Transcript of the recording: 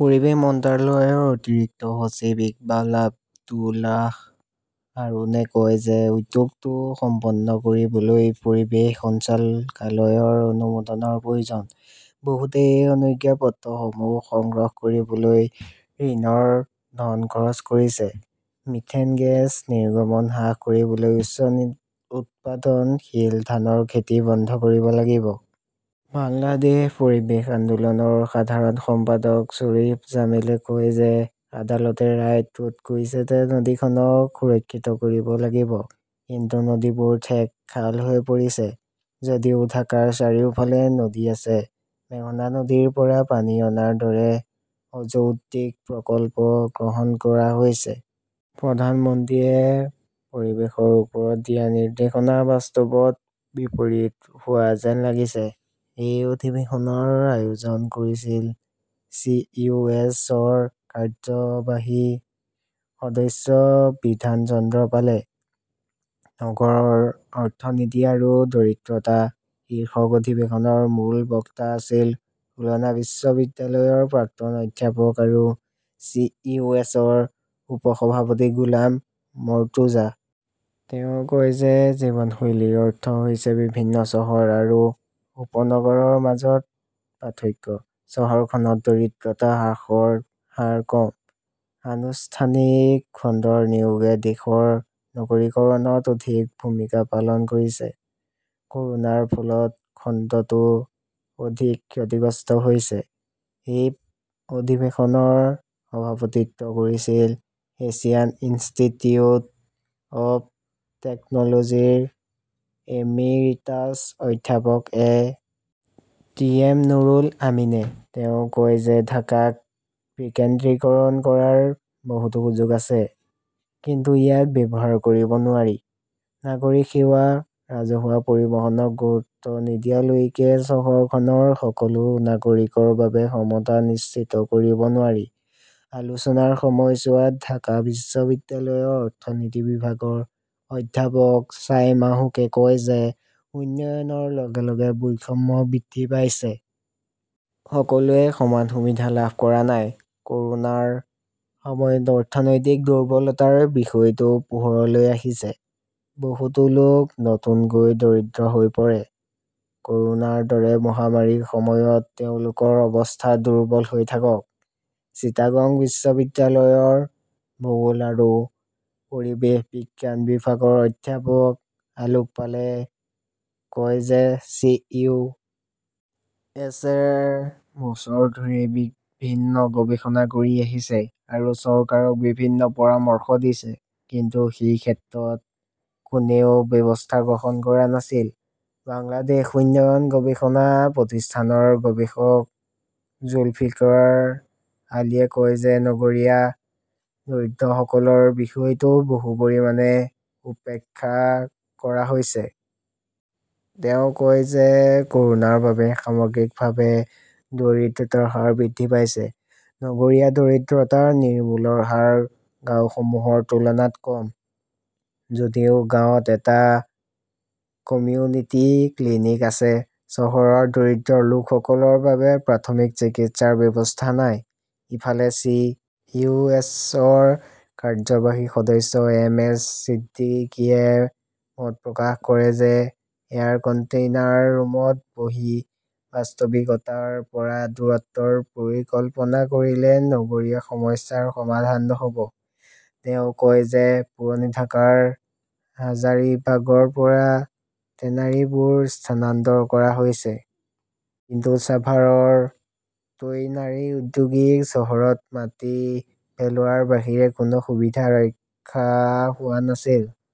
পৰিৱেশ মন্ত্ৰালয়ৰ অতিৰিক্ত সচিব ইকবাল আব্দুল্লাহ হাৰুনে কয় যে উদ্যোগটো সম্পন্ন কৰিবলৈ পৰিৱেশ সঞ্চালকালয়ৰ অনুমোদনৰ প্ৰয়োজন। বহুতে এই অনুজ্ঞাপত্ৰসমূহ সংগ্ৰহ কৰিবলৈ ঋণৰ ধন খৰচ কৰিছে। মিথেন গেছ নিৰ্গমন হ্ৰাস কৰিবলৈ উচ্চ উৎপাদনশীল ধানৰ খেতি বন্ধ কৰিব লাগিব। বাংলাদেশ পৰিৱেশ আন্দোলনৰ সাধাৰণ সম্পাদক শ্বৰীফ জামিলে কয় যে আদালতে ৰায়টোত কৈছে যে নদীখনক সুৰক্ষিত কৰিব লাগিব। কিন্তু নদীবোৰ ঠেক খাল হৈ পৰিছে। যদিও ঢাকাৰ চাৰিওফালে নদী আছে, মেঘনা নদীৰ পৰা পানী অনাৰ দৰে অযৌক্তিক প্ৰকল্প গ্ৰহণ কৰা হৈছে। প্ৰধানমন্ত্ৰীয়ে পৰিৱেশৰ ওপৰত দিয়া নিৰ্দেশনা বাস্তৱত বিপৰীত হোৱা যেন লাগিছে। এই অধিৱেশনৰ আয়োজন কৰিছিল চি. ইউ. এছ. -ৰ কাৰ্যবাহী সদস্য বিধান চন্দ্ৰ পালে। "নগৰ অৰ্থনীতি আৰু দৰিদ্ৰতা" শীৰ্ষক অধিৱেশনৰ মূল বক্তা আছিল খুলনা বিশ্ববিদ্যালয়ৰ প্ৰাক্তন অধ্যাপক আৰু চি ইউ এছৰ উপ-সভাপতি গোলাম মৰ্তুজা। তেওঁ কয় যে জীৱনশৈলীৰ অৰ্থ হৈছে বিভিন্ন চহৰ আৰু উপ-নগৰৰ মাজত পাৰ্থক্য। চহৰখনত দৰিদ্ৰতা হ্ৰাসৰ হাৰ কম। অনানুষ্ঠানিক খণ্ডৰ নিয়োগে দেশৰ নগৰীকৰণত অধিক ভূমিকা পালন কৰিছে। ক'ৰোনাৰ ফলত খণ্ডটো অধিক ক্ষতিগ্ৰস্ত হৈছে। এই অধিৱেশনৰ সভাপতিত্ব কৰিছিল এছিয়ান ইনষ্টিটিউট অৱ টেকন'লজিৰ এমিৰিটাছ অধ্যাপক এ. টি. এম. নুৰুল আমিনে। তেওঁ কয় যে ঢাকাক বিকেন্দ্ৰীকৰণ কৰাৰ বহুতো সুযোগ আছে। কিন্তু ইয়াক ব্যৱহাৰ কৰিব নোৱাৰি। নাগৰিক সেৱা, ৰাজহুৱা পৰিবহণক গুৰুত্ব নিদিয়ালৈকে চহৰখনৰ সকলো নাগৰিকৰ বাবে সমতা নিশ্চিত কৰিব নোৱাৰি। আলোচনাৰ সময়ছোৱাত ঢাকা বিশ্ববিদ্যালয়ৰ অৰ্থনীতি বিভাগৰ অধ্যাপক চাইমা হুকে কয় যে উন্নয়নৰ লগে লগে বৈষম্য বৃদ্ধি পাইছে। সকলোৱে সমান সুবিধা লাভ কৰা নাই। ক'ৰোনাৰ সময়ত অৰ্থনৈতিক দুৰ্বলতাৰ বিষয়টো পোহৰলৈ আহিছিল। বহুতো লোক নতুনকৈ দৰিদ্ৰ হৈ পৰে। ক'ৰোনাৰ দৰে মহামাৰীৰ সময়ত তেওঁলোকৰ অৱস্থা দুৰ্বল হৈ থাকক। চিটাগং বিশ্ববিদ্যালয়ৰ ভূগোল আৰু পৰিৱেশ বিজ্ঞান বিভাগৰ অধ্যাপক আলোক পালে কয় যে চি .ইউ-- .এছ-এ বছৰ ধৰি বিভিন্ন গৱেষণা কৰি আহিছে আৰু চৰকাৰক বিভিন্ন পৰামৰ্শ দিছে। কিন্তু সেই ক্ষেত্ৰত কোনেও ব্যৱস্থা গ্ৰহণ কৰা নাছিল। বাংলাদেশ উন্নয়ন গৱেষণা প্ৰতিষ্ঠানৰ গৱেষক জুলফিকাৰ আলীয়ে কয় যে নগৰীয়া দৰিদ্ৰসকলৰ বিষয়টো বহু পৰিমাণে উপেক্ষা কৰা হৈছে। তেওঁ কয় যে ক'ৰোনাৰ বাবে সামগ্ৰিকভাৱে দৰিদ্ৰতাৰ হাৰ বৃদ্ধি পাইছে। নগৰীয়া দৰিদ্ৰতা নিৰ্মূলৰ হাৰ গাঁওসমূহৰ তুলনাত কম। যদিও গাঁৱত এটা কমিউনিটি ক্লিনিক আছে, চহৰৰ দৰিদ্ৰ লোকসকলৰ বাবে প্ৰাথমিক চিকিৎসাৰ ব্যৱস্থা নাই। ইফালে চি. ইউ. এছ. -ৰ কাৰ্যবাহী সদস্য এম. এছ. ছিদ্দিকীয়ে মত প্ৰকাশ কৰে যে এয়াৰ কণ্টেইনাৰ ৰুমত বহি বাস্তৱিকতাৰ পৰা দূৰত্বৰ পৰিকল্পনা কৰিলে নগৰীয়া সমস্যাৰ সমাধান নহ 'ব। তেওঁ কয় যে পুৰণি ঢাকাৰ হাজাৰিবাগৰ পৰা টেনাৰীবোৰ স্থানান্তৰ কৰা হৈছে। কিন্তু ছাভাৰৰ টেনাৰী ঔদ্যোগিক চহৰত মাটি পেলোৱাৰ বাহিৰে কোনো সুবিধা ৰক্ষ্যা হোৱা নাছিল।